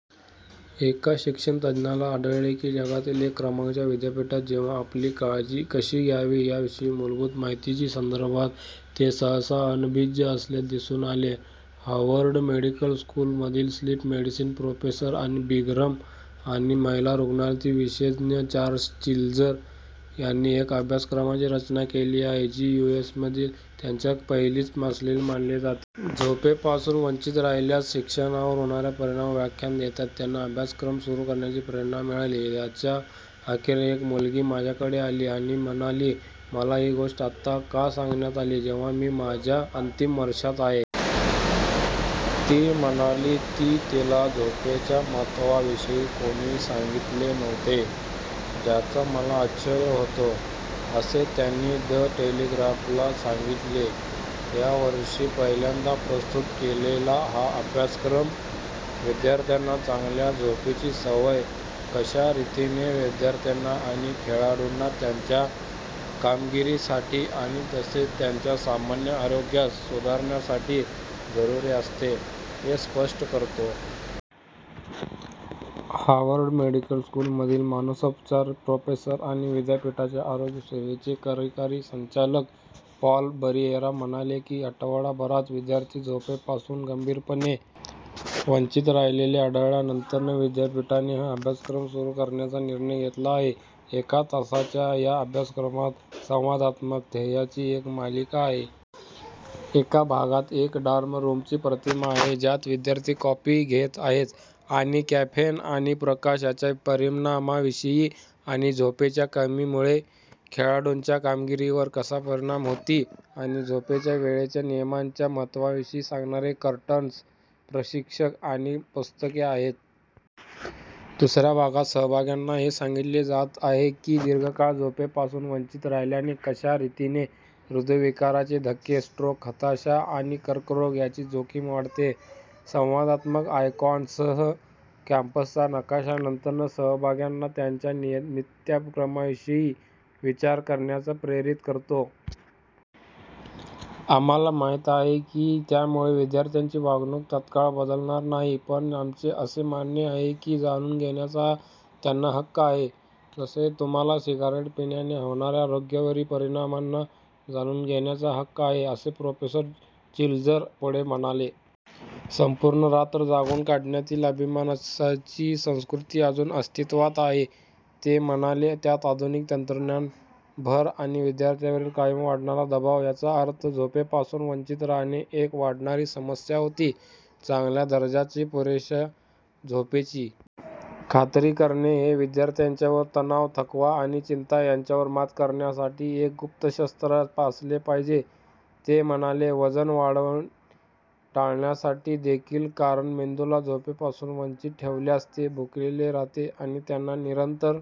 एका शिक्षणतज्ज्ञाला आढळले की जगातील एक क्रमांकाच्या विद्यापीठात जेव्हा आपली काळजी कशी घ्यावी याविषयी मुलभूत माहितीच्या संदर्भात ते सहसा अनभिज्ञ असल्याचे दिसून आले. हार्वर्ड मेडिकल स्कूलमधील स्लीप मेडिसिनचे प्रोफेसर आणि ब्रिघम आणि महिला रुग्णालयातील विशेषज्ञ चार्ल्स चिज्लर यांनी एका अभ्यासक्रमाची रचना केली आहे, जी यूएसमधील त्याच्यासारखी पहिलीच असल्याचे मानले जाते. झोपेपासून वंचित राहिल्यास शिक्षणावर होणाऱ्या परिणामावर व्याख्यान देताना त्यांना हा अभ्यासक्रम सुरु करण्याची प्रेरणा मिळाली. 'याच्या अखेरीस एक मुलगी माझ्याकडे आली आणि म्हणाली: 'मला ही गोष्ट आत्ता का सांगण्यात आली, जेव्हा मी माझ्या अंतिम वर्षात आहे? ती म्हणाली की तिला झोपेच्या महत्त्वाविषयी कोणीही सांगितले नव्हते – ज्याचा मला आश्चर्य होतो,' असे त्यांनी द टेलिग्राफला सांगितले. या वर्षी पहिल्यांदा प्रस्तुत केलेला हा अभ्यासक्रम, विद्यार्थ्यांना चांगल्या झोपेची सवय कशा रीतीने विद्यार्थ्यांना आणि खेळाडूंना त्यांच्या कामगिरीसाठी आणि तसेच त्याच्या सामान्य आरोग्यास सुधारण्यासाठी जरुरी असते, हे स्पष्ट करतो. हार्वर्ड मेडिकल स्कूलमधील मानसोपचाराचे प्रोफेसर आणि विद्यापीठाच्या आरोग्य सेवेचे कार्यकारी संचालक पॉल बरिएरा म्हणाले की आठवडाभरात विद्यार्थी झोपेपासून गंभीरपणे वंचित राहिलेले आढळल्यानंतर विद्यापीठाने हा अभ्यासक्रम सुरु करण्याचा निर्णय घेतला आहे. एका तासाच्या या अभ्यासक्रमात संवादात्मक ध्येयांची एक मालिका आहे. एका भागात एका डॉर्म रूमची प्रतिमा आहे, ज्यात विद्यार्थी कॉफी घेत आहेत, आणि कॅफेन आणि प्रकाश यांच्या परिणामांविषयी आणि झोपेच्या कमीमुळे खेळाडूंच्या कामगिरीवर कसा परिणाम होती आणि झोपेच्या वेळेच्या नियमनाच्या महत्त्वाविषयी सांगणारे कर्टन्स, प्रशिक्षक आणि पुस्तके आहेत. दुसऱ्या भागात सहभाग्यांना हे सांगितले जात आहे की दीर्घकाळ झोपेपासून वंचित राहिल्याने कशा रीतीने हृदयविकाराचे धक्के, स्ट्रोक, हताशा आणि कर्करोग यांची जोखीम वाढते. संवादात्मक आयकॉन्ससह कॅम्पसचा नकाशा नंतर सहभाग्यांना त्यांच्या नित्यक्रमाविषयी विचार करण्यास प्रेरित करतो. "आम्हाला माहित आहे की यामुळे विद्यार्थ्यांची वागणूक तत्काळ बदलणार नाही. पण आमचे असे मानणे आहे की जाणून घेण्याचा त्यांना हक्क आहे – जसे तुम्हाला सिगारेट पिण्याने होणाऱ्या आरोग्यावरी परिणामांना जाणून घेण्याचा हक्क आहे,' असे प्रोफेसर चिज्लर पुढे म्हणाले. 'संपूर्ण रात्र जागून काढण्यातील' अभिमानाची संस्कृती अजून अस्तित्वात आहे, ते म्हणाले, त्यात आधुनिक तंत्रज्ञानाची भर आणि विद्यार्थ्यांवरील कायम वाढणारा दबाव, याचा अर्थ झोपेपासून वंचित राहणे एक वाढणारी समस्या होती. चांगल्या दर्जाची, पुरेशा झोपेची खात्री करणे हे विद्यार्थ्याचे तणाव, थकवा आणि चिंता यांच्यावर मात करण्यासाठी एक गुप्त शस्त्र असले पाहिजे, ते म्हणाले – वजन वाढणे टाळण्यासाठी देखील, कारण मेंदूला झोपेपासून वंचित ठेवल्यास ते भुकेलेले राहते आणि त्यांना निरंतर